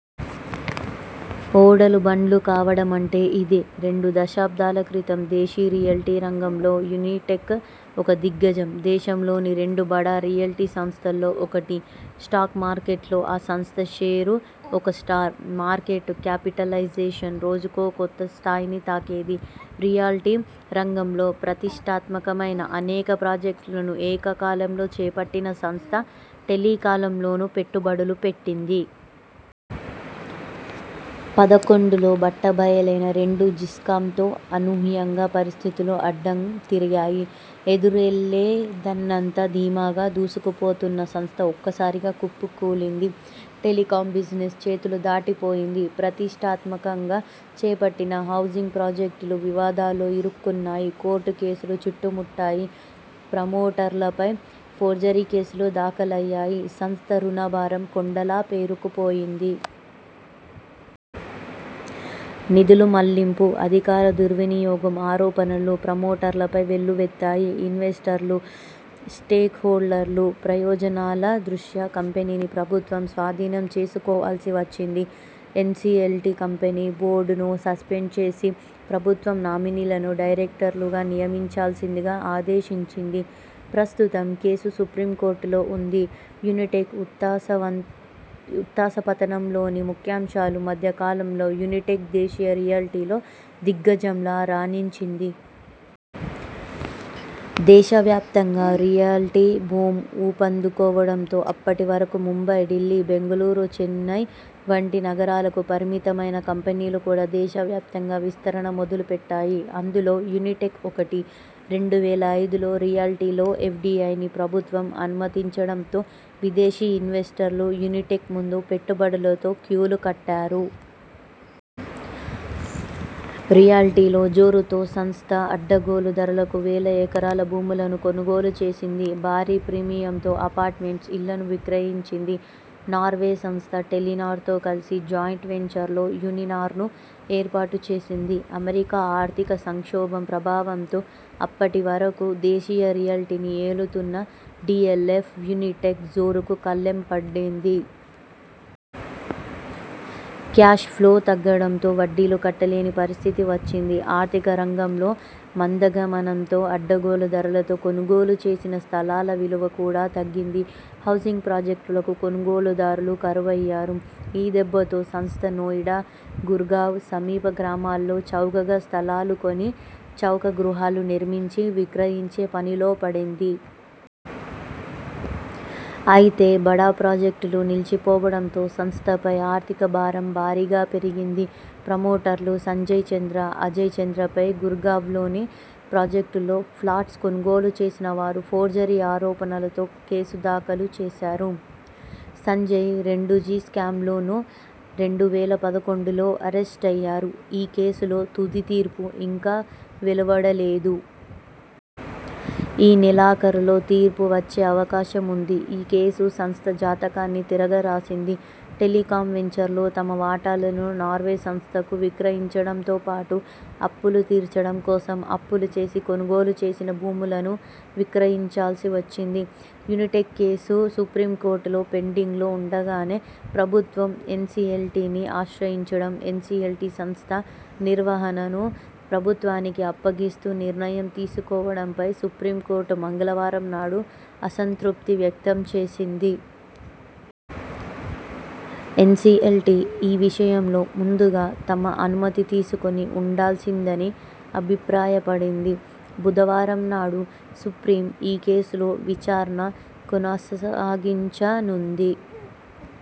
ఓడలు బండ్లు కావడమంటే ఇదే. రెండు దశాబ్దాల క్రితం దేశీ రియల్టీ రంగంలో యునిటెక్ ఒక దిగ్గజం. దేశంలోని రెండు బడా రియల్టీ సంస్థల్లో ఒకటి. స్టాక్ మార్కెట్లో ఆ సంస్థ షేరు ఒక స్టార్. మార్కెట్ క్యాపిటలైజేషన్ రోజుకో కొత్త స్థాయిని తాకేది. రియల్టీ రంగంలో ప్రతిష్టాత్మకమైన అనేక ప్రాజెక్టులను ఏకకాలంలో చేపట్టిన సంస్థ టెలికాంలోనూ పెట్టుబడులు పెట్టింది. పదకొండులో బట్టబయలైన రెండు జిస్కామ్తో అనూహ్యంగా పరిస్థితులు అడ్డం తిరిగాయి. ఎదురేలేదన్నంత ధీమాగా దూసుకుపోతున్న సంస్థ ఒక్కసారిగా కుప్పకూలింది. టెలికాం బిజినెస్ చేతులు దాటిపోయింది. ప్రతిష్టాత్మకంగా చేపట్టిన హౌజింగ్ ప్రాజెక్టులు వివాదాల్లో ఇరుక్కున్నాయి. కోర్టు కేసులు చుట్టుముట్టాయి. ప్రమోటర్లపై ఫోర్జరీ కేసులు దాఖలయ్యాయి. సంస్థ రుణ భారం కొండలా పేరుకుపోయింది. నిధుల మళ్లింపు, అధికార దుర్వినియోగం ఆరోపణలు ప్రమోటర్లపై వెల్లువెత్తాయి. ఇన్వెస్టర్లు, స్టేక్హోల్డర్ల ప్రయోజనాల దృష్ట్యా కంపెనీని ప్రభుత్వం స్వాధీనం చేసుకోవాల్సి వచ్చింది. ఎన్సిఎల్టి కంపెనీ బోర్డును సస్పెండ్ చేసి ప్రభుత్వ నామినీలను డైరెక్టర్లుగా నియమించాల్సిందిగా ఆదేశించింది. ప్రస్తుతం కేసు సుప్రీంకోర్టులో ఉంది. యునిటెక్ ఉత్థానపతనంలోని ముఖ్యాంశాలు మధ్య కాలంలో యునిటెక్ దేశీయ రియల్టీలో దిగ్గజంలా రాణించింది. దేశవ్యాప్తంగా రియల్టీ బూమ్ ఊపందుకోవడంతో అప్పటివరకు ముంబై, ఢిల్లీ, బెంగళూరు, చెన్పై వంటి నగరాలకు పరిమితమైన కంపెనీలు కూడా దేశవ్యాప్తంగా విస్తరణ మొదలుపెట్టాయి. అందులో యునిటెక్ ఒకటి. రెండు వేల ఐదులో రియల్టీలో ఎఫ్డిఐని ప్రభుత్వం అనుమతించడంతో విదేశీ ఇన్వెస్టర్లు యునిటెక్ ముందు పెట్టుబడులతో క్యూలు కట్టారు. రియల్టీలో జోరుతో సంస్థ అడ్డగోలు ధరలకు వేల ఎకరాల భూములను కొనుగోలు చేసింది. భారీ ప్రీమియంతో అపార్ట్మెంట్స్, ఇళ్లను విక్రయించింది. నార్వే సంస్థ టెలినార్తో కలిసి జాయింట్ వెంచర్లో యునినార్ను ఏర్పాటు చేసింది. ఆమెరికా ఆర్థిక సంక్షోభం ప్రభావంతో అప్పటి వరకు దేశీయ రియల్టీని ఏలుతున్న డిఎల్ఎఫ్, యునిటెక్ జోరుకు కళ్లెం పడింది. క్యాష్ ఫ్లో తగ్గడంతో వడ్డీలు కట్టలేని పరిస్థితి వచ్చింది. ఆర్థిక రంగంలో మందగమనంతో అడ్డగోలు ధరలతో కొనుగోలు చేసిన స్థలాల విలువ కూడా తగ్గింది. హౌజింగ్ ప్రాజెక్టులకు కొనుగోలుదారులు కరువయ్యారు. ఈ దెబ్బతో సంస్థ నోయిడా, గుర్గావ్ సమీప గ్రామాల్లో చౌకగా స్థలాలు కొని చౌక గృహాలు నిర్మించి విక్రయించే పనిలోపడింది. అయితే బడా ప్రాజెక్టులు నిల్చిపోవడంతో సంస్థపై ఆర్థిక భారం భారీగా పెరిగింది. ప్రమోటర్లు సంజయ్ చంద్ర, అజయ్ చంద్ర పై గుర్గావ్లోని ప్రాజెక్టులో ఫ్లాట్స్ కొనుగోలు చేసిన వారు ఫోర్జరీ ఆరోపణలతో కేసు దాఖలు చేశారు. సంజయ్ రెండుజి స్కామ్లోనూ రెండు వేల పదకొండులో అరెస్టయ్యారు ఈ కేసులో తుది తీర్పు ఇంకా వెలువడలేదు. ఈ నెలాఖరులో తీర్పువచ్చే అవకాశం ఉంది. ఈ కేసు సంస్థ జాతకాన్ని తిరగరాసింది. టెలికాం వెంచర్లో తమ వాటాలను నార్వే సంస్థకు విక్రయించడంతో పాటు అప్పులు తీర్చడం కోసం అప్పులు చేసి కొనుగోలు చేసిన భూములను విక్రయించాల్సి వచ్చింది. యునిటెక్ కేసు సుప్రీం కోర్టులో పెండింగ్లో ఉండగానే ప్రభుత్వం ఎన్సిఎల్టిని ఆశ్రయించడం, ఎన్సిఎల్టి సంస్థ నిర్వహణను ప్రభుత్వానికి అప్పగిస్తూ నిర్ణయం తీసుకోవడంపై సుప్రీంకోర్టు మంగళవారం నాడు అసంతృప్తి వ్యక్తం చేసింది. ఎన్సిఎల్టి ఈ విషయంలో ముందుగా తమ అనుమతి తీసుకొని ఉండాల్సిందని అభిప్రాయపడింది. బుధవారం నాడు సుప్రీం ఈ కేసులో విచారణ కొనసాగించనుంది.